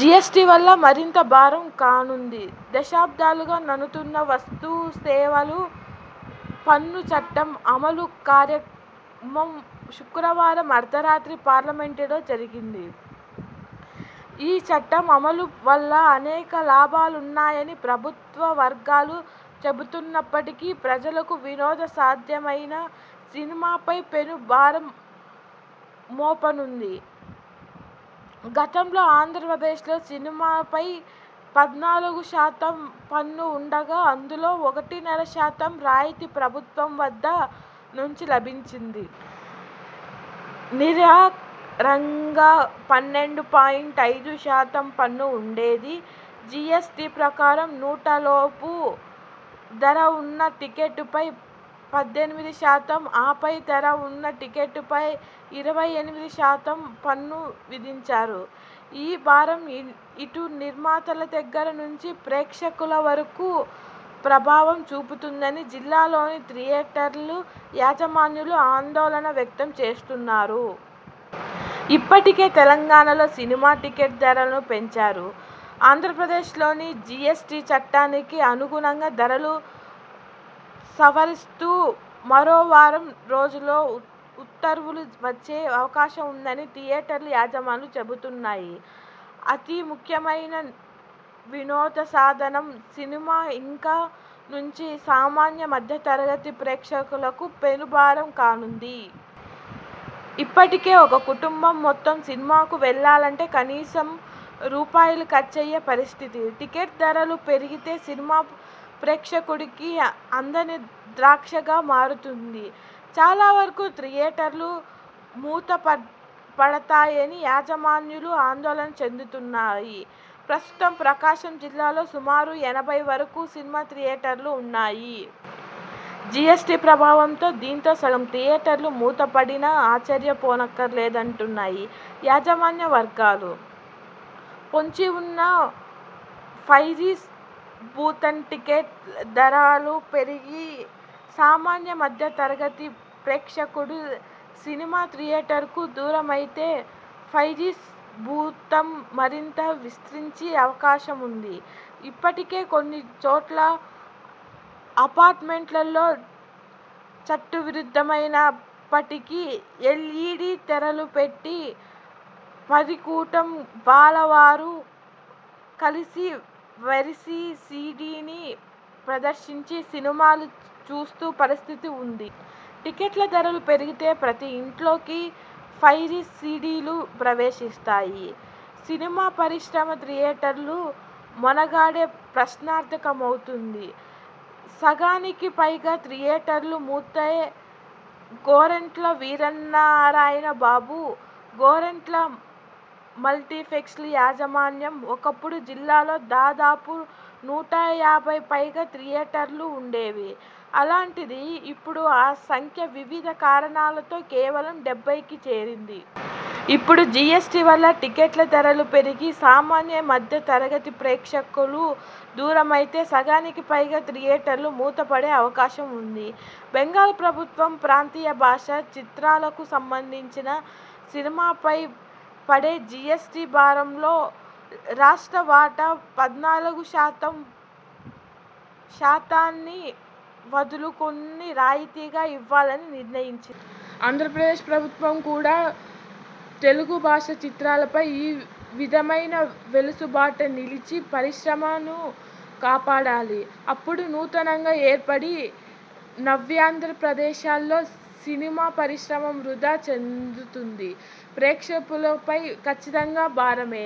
GST వల్ల మరింత భారం కానుంది. దశాబ్దాలుగా నానుతున్న వస్తు సేవల పన్ను చట్టం అమలు కార్యక్రమంశుక్రవారం అర్ధరాత్రి పార్గమెంటులో జరిగింది. ఈ చట్టం అమలు వల్ల అనేక లాభాలున్నాయని ప్రభుత్వ వర్గాలు చెబుతున్నప్పటికీ ప్రజలకు వినోద సాధనమైన సినిమాపై పెనుభారం మోపనుంది. గతంలో ఆంధ్రప్రదేశ్లో సినిమాపై పద్నాలుగు శాతం పన్ను ఉండగా అందులో ఒకటిన్నర శాతం రాయితీ ప్రభుత్వం వద్ద నుంచి లభించేది. నికరంగా పన్నెండు పాయింట్ ఐదు శాతం పన్ను ఉండేది. జీఎస్ టీ ప్రకారం నూట లోపు ధర ఉన్న టికెట్టుపై పద్దెనిమిది శాతం, ఆపై ధర ఉన్న టికెట్టుపై ఇరవై ఎనిమిది శాతం పన్ను విధించారు. ఈ భారం ఇటు నిర్మాతల దగ్గర నుంచి ప్రేక్షకుల వరకు ప్రభావం చూపుతుందని జిల్లాలోని థియేటర్ల యజమానులు ఆందోళన వ్యక్తం చేస్తున్నారు. ఇప్పటికే తెలంగాణలో సినిమా టికెట్ల ధరలను పెంచారు. ఆంధ్రప్రదేశ్లోని జీఎస్టీ చట్టానికి అనుగుణంగా ధరలు సవరిస్తూ మరో వారం రోజుల్లో ఉత్తర్వులు వచ్చే అవకాశం ఉందని థియేటర్ల యాజమాలు చెబుతున్నాయి. అతి ముఖ్యమైన వినోదసాధనం సినిమా ఇక నుంచి సామాన్య, మధ్యతరగతి ప్రేక్షకులకు పెనుభారం కానుంది. ఇప్పటికే ఒక కుటుంబం మొత్తం సినిమాకు వెళ్లాలంటే కనీసం రూ. ఖర్చయ్యే పరిస్థితి. టికెట్ల ధరలు పెరిగితే సినిమా ప్రేక్షకుడికి అందని ద్రాక్షగా మారుతుంది. చాలావరకు థియేటర్లు మూతప డతాయని యాజమాన్యాలు ఆందోళన చెందుతున్నాయి. ప్రస్తుతం ప్రకాశం జిల్లాలో సుమారు ఎనభై వరకు సినిమా థియేటర్లు ఉన్నాయి. జీఎస్టీ ప్రభావంతో దీంట్లో సగం థియేటర్లు మూతపడినా ఆశ్చర్య పోనక్కరలేదంటు న్నాయి యాజమాన్య వర్గాలు. పొంచి ఉన్న పైరసీ భూతంటికెట్ల ధరలు పెరిగి సామాన్య, మధ్య తరగతి ప్రేక్షకుడు సినిమా థియేటర్కు దూరమైతే పైరసీ భూతం మరింత విస్తరించే అవకాశం ఉంది. ఇప్పటికే కొన్ని చోట్ల అపార్టుమెంట్లలో చట్టవిరుద్ధమైన ప్పటికీ ఎల్ఈడీ తెరలు పెట్టి పదికుటుం బాల వారు కలిసి వైరసి సీడీని ప్రదర్శించి సినిమాలు చూస్తూ పరిస్థితి ఉంది. టికెట్ల ధరలు పెరిగితే ప్రతి ఇంట్లోకి పైరసి సీడీలు ప్రవేశిస్తాయి. సినిమా పరిశ్రమ, థియేటర్ల మనుగడే ప్రశ్నార్థకమవుతుంది. సగానికి పైగా థియేటర్లు మూతే గోరంట్ల వీరనారాయణ బాబు, గోరంట్ల మల్టీప్లెక్స్ యాజమాన్యం ఒకపుడు జిల్లాలో దాదా పు నూట యాభై పైగా థియేటర్లు ఉండేవి. అలాంటిది ఇప్పుడు ఆ సంఖ్య వివిధ కారణాలతో కేవలం డెబ్బైకి చేరింది. ఇపుడు జీఎస్టీ వల్ల టికెట్ల ధరలు పెరిగి సామాన్య, మధ్య తరగతి ప్రేక్షకులు దూరమైతే సగానికి పైగా థియేటర్లు మూతపడే అవకాశం ఉంది. బెంగాల్ ప్రభుత్వం ప్రాంతీయ భాషా చిత్రాలకు సంబంధించి సినిమాపై పడే జీఎస్టీ భారంలో రాష్ట్ర వాటా పద్నాలుగు శాతాన్ని వదులు కుని రాయితీగా ఇవ్వాలని నిర్ణయిం చింది. ఆంధ్రప్రదేశ్ ప్రభుత్వం కూడా తెలుగు భాషా చిత్రాలపై ఆ విధమైన వెసులుబాటు నిలి పరిశ్రమను కాపాడాలి. అపుడు నూతనంగా ఏర్పడిన నవ్యాంధ్ర ప్రదేశ్లో సినిమా పరిశ్రమ వృద్ధి చెందుతుంది. ప్రేక్షకులపై ఖచ్చితంగా భారమే